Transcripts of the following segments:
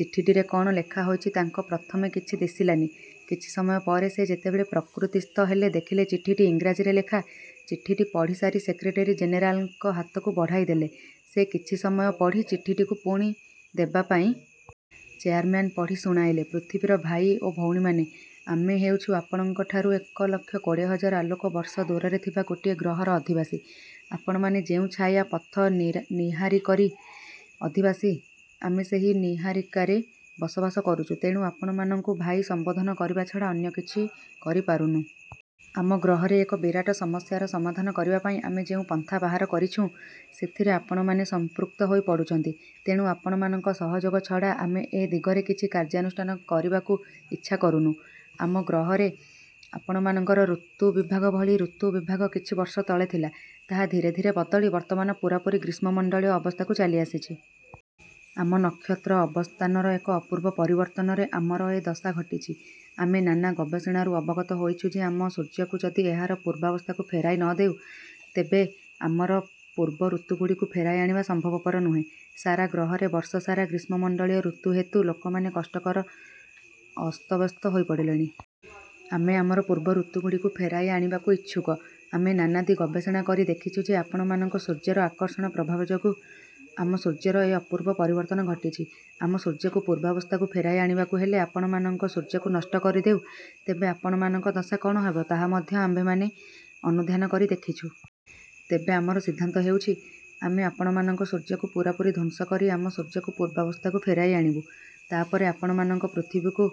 ଚିଠିଟିରେ କଣ ଲେଖା ହୋଇଛି ତାଙ୍କ ପ୍ରଥମେ କିଛି ଦିଶିଲାନି। କିଛି ସମୟ ପରେ ସେ ଯେତେବେଳେ ପ୍ରକୃତିସ୍ଥ ହେଲେ ଦେଖିଲେ ଚିଠିଟି ଇଂରାଜୀରେ ଲେଖା। ଚିଠିଟି ପଢ଼ିସାରି ସେକ୍ରେଟେରୀ ଜେନେରାଲଙ୍କ ହାତକୁ ବଢ଼ାଇ ଦେଲେ। ସେ କିଛି ସମୟ ପଢ଼ି ଚିଠିଟିକୁ ପୁଣି ଦେବାପାଇଁ। ଚେୟାରମେନ୍ ପଢ଼ି ଶୁଣାଇଲେ। ପୃଥିବୀର ଭାଇ ଓ ଭଉଣୀମାନେ ଆମେ ହେଉଛୁଁ ଆପଣଙ୍କଠାରୁ ଏକ ଲକ୍ଷ କୋଡ଼ିଏ ହଜାର ଆଲୋକ ବର୍ଷ ଦୂରରେ ଥିବା ଗୋଟିଏ ଗ୍ରହର ଅଧିବାସୀ। ଆପଣମାନେ ଯେଉଁ ଛାୟାପଥନିହାରିକର ଅଧିବାସୀ ଆମେ ସେହି ନିହାରିକାରେ ବସବାସ କରୁଚୁ। ତେଣୁ ଆପଣମାନଙ୍କୁ ଭାଇ ସମ୍ବୋଧନ କରିବାଛଡ଼ା ଅନ୍ୟ କିଛି କରି ପାରୁନୁ। ଆମ ଗ୍ରହରେ ଏକ ବିରାଟ ସମସ୍ୟାର ସମାଧାନ କରିବାପାଇଁ ଆମେ ଯେଉଁ ପନ୍ଥା ବାହାର କରିଛୁଁ, ସେଥିରେ ଆପଣମାନେ ସମ୍ପୃକ୍ତ ହୋଇ ପଡ଼ୁଛନ୍ତି। ତେଣୁ ଆପଣମାନଙ୍କ ସହଯୋଗ ଛଡ଼ା ଆମେ ଏ ଦିଗରେ କିଛି କାର୍ଯ୍ୟାନୁଷ୍ଠାନ କରିବାକୁ ଇଚ୍ଛା କରୁନୁ। ଆମ ଗ୍ରହରେ ଆପଣମାନଙ୍କର ଋତୁ ବିଭାଗ ଭଳି ଋତୁ ବିଭାଗ କିଛି ବର୍ଷ ତଳେ ଥିଲା, ତାହା ଧୀରେ ଧୀରେ ବଦଳି ବର୍ତ୍ତମାନ ପୂରାପୂରି ଗ୍ରୀଷ୍ମ ମଣ୍ଡଳୀୟ ଅବସ୍ଥାକୁ ଚାଲି ଆସିଛି। ଆମ ନକ୍ଷତ୍ର ଅବସ୍ଥାନର ଏକ ଅପୂର୍ବ ପରିବର୍ତ୍ତନରେ ଆମର ଏ ଦଶା ଘଟିଛି। ଆମେ ନାନା ଗବେଷଣାରୁ ଅବଗତ ହୋଇଛୁ ଯେ ଆମ ସୂର୍ଯ୍ୟକୁ ଯଦି ଏହାର ପୂର୍ବାବସ୍ଥାକୁ ଫେରାଇ ନ ନେଉ, ତବେ ଆମର ପୂର୍ବ ଋତୁଗୁଡ଼ିକୁ ଫେରାଇ ଆଣିବା ସମ୍ଭବପର ନୁହେଁ। ସାରାଗ୍ରହରେ ବର୍ଷ ସାରା ଗ୍ରୀଷ୍ମ ମଣ୍ଡଳୀୟ ଋତୁ ହେତୁ ଲୋକମାନେ କଷ୍ଟ କର ଅସ୍ତବ୍ୟସ୍ତ ହୋଇ ପଡ଼ିଲେଣି। ଆମେ ଆମର ପୂର୍ବ ଋତୁଗୁଡ଼ିକୁ ଫେରାଇ ଆଣିବାକୁ ଇଛୁକ। ଆମେ ନାନାଦି ଗବେଷଣା କରି ଦେଖିଛୁ ଯେ ଆପଣମାନଙ୍କ ସୂର୍ଯ୍ୟର ଆକର୍ଷଣ ପ୍ରଭାବ ଯୋଗୁଁ ଆମ ସୂର୍ଯ୍ୟର ଏ ଅପୂର୍ବ ପରିବର୍ତ୍ତନ ଘଟିଛି। ଆମ ସୂର୍ଯ୍ୟକୁ ପୂର୍ବାବସ୍ଥାକୁ ଫେରାଇ ଆଣିବାକୁ ହେଲେ ଆପଣମାନଙ୍କ ସୂର୍ଯ୍ୟକୁ ନଷ୍ଟ କରିଦେଉଁ, ତେବେ ଆପଣମାନଙ୍କ ଦଶା କଣ ହେବ, ତାହା ମଧ୍ୟ ଆମ୍ଭେମାନେ ଅନୁଧ୍ୟାନ କରି ଦେଖିଛୁ। ତେବେ ଆମର ସିଦ୍ଧାନ୍ତ ହେଉଛି, ଆମେ ଆପଣମାନଙ୍କ ସୂର୍ଯ୍ୟକୁ ପୂରାପୂରି ଧ୍ୱଂସ କରି ଆମ ସୂର୍ଯ୍ୟକୁ ପୂର୍ବାବସ୍ଥାକୁ ଫେରାଇ ଆଣିବୁ; ତାପରେ ଆପଣମାନଙ୍କ ପୃଥିବୀକୁ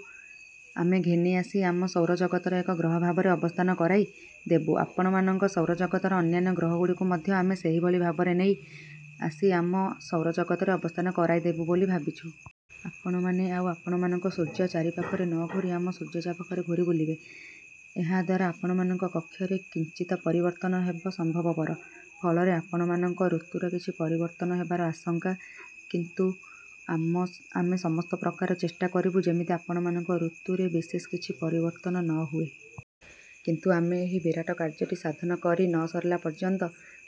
ଆମେ ଘେନି ଆସି ଆମ ସୌରଜଗତର ଏକ ଗ୍ରହ ଭାବରେ ଅବସ୍ଥାନ କରାଇ ଦେବୁ ଆପଣମାନଙ୍କ ସୌରଜଗତର ଅନ୍ୟାନ୍ୟ ଗ୍ରହଗୁଡ଼ିକୁ ମଧ୍ୟ ଆମେ ସେହିଭଳି ଭାବରେ ନେଇ ଆସି ଆମ ସୌରଜଗତରେ ଅବସ୍ଥାନ କରାଇଦେବୁ ବୋଲି ଭାବିଛୁ। ଆପଣମାନେ ଆଉ ଆପଣମାନଙ୍କ ସୂର୍ଯ୍ୟ ଚାରିପାଖରେ ନ ଘୂରି ଆମ ସୂର୍ଯ୍ୟ ଚାରିପାଖରେ ଘୂରି ବୁଲିବେ। ଏହା ଦ୍ୱାରା ଆପଣମାନଙ୍କ କକ୍ଷରେ କିଞ୍ଚିତ ପରିବର୍ତ୍ତନ ହେବ ସମ୍ଭବପର; ଫଳରେ ଆପଣମାନଙ୍କ ଋତୁର କିଛି ପରିବର୍ତ୍ତନ ହେବାର ଆଶଙ୍କା। କିନ୍ତୁ ଆମେ ସମସ୍ତ ପ୍ରକାର ଚେଷ୍ଟା କରିବୁଁ ଯେମିତି ଆପଣମାନଙ୍କ ଋତୁରେ ବିଶେଷ କିଛ ପରିବର୍ତ୍ତନ ନ ହୁଏ। କିନ୍ତୁ ଆମେ ଏହି ବିରାଟ କାର୍ଯ୍ୟଟି ସାଧନ କରି ନ ସରିଲା ପର୍ଯ୍ୟନ୍ତ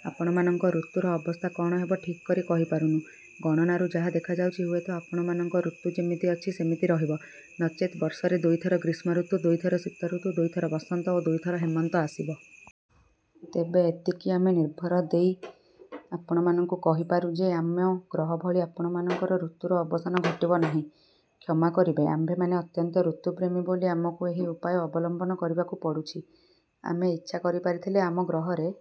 ଆପଣମାନଙ୍କ ଋତୁର ଅବସ୍ଥା କଣ ହେବ ଠିକ୍ କରି କହିପାରୁନୁ। ଗଣନାରୁ ଯାହା ଦେଖାଯାଉଛି ହୁଏତ ଆପଣମାନଙ୍କ ଋତୁ ଯେମିତି ଅଛି ସେମିତି ରହିବ ନଚେତ୍ ବର୍ଷରେ ଦୁଇ ଥର ଗ୍ରୀଷ୍ମ ଋତୁ, ଦୁଇ ଥର ଶୀତଋତୁ, ଦୁଇ ଥର ବସନ୍ତ ଓ ଦୁଇଥର ହେମନ୍ତ ଆସିବ। ତେବେ ଏତିକି ଆମେନିର୍ଭର ଦେଇ ଆପଣମାନଙ୍କୁ କହିପାରୁ ଯେ ଆମ ଗ୍ରହ ଭଳି ଆପଣମାନଙ୍କର ଋତୁର ଅବସାନ ଘଟିବ ନାହିଁ। କ୍ଷମା କରିବେ ଆମ୍ଭେମାନେ ଅତ୍ୟନ୍ତ ଋତୁପ୍ରେମୀ ବୋଲି ଆମକୁ ଏହି ଉପାୟ ଅବଲମ୍ବନ କରିବାକୁ ପଡ଼ୁଛି। ଆମେ ଇଛା କରିପାରିଥିଲେ ଆମ ଗ୍ରହରେ--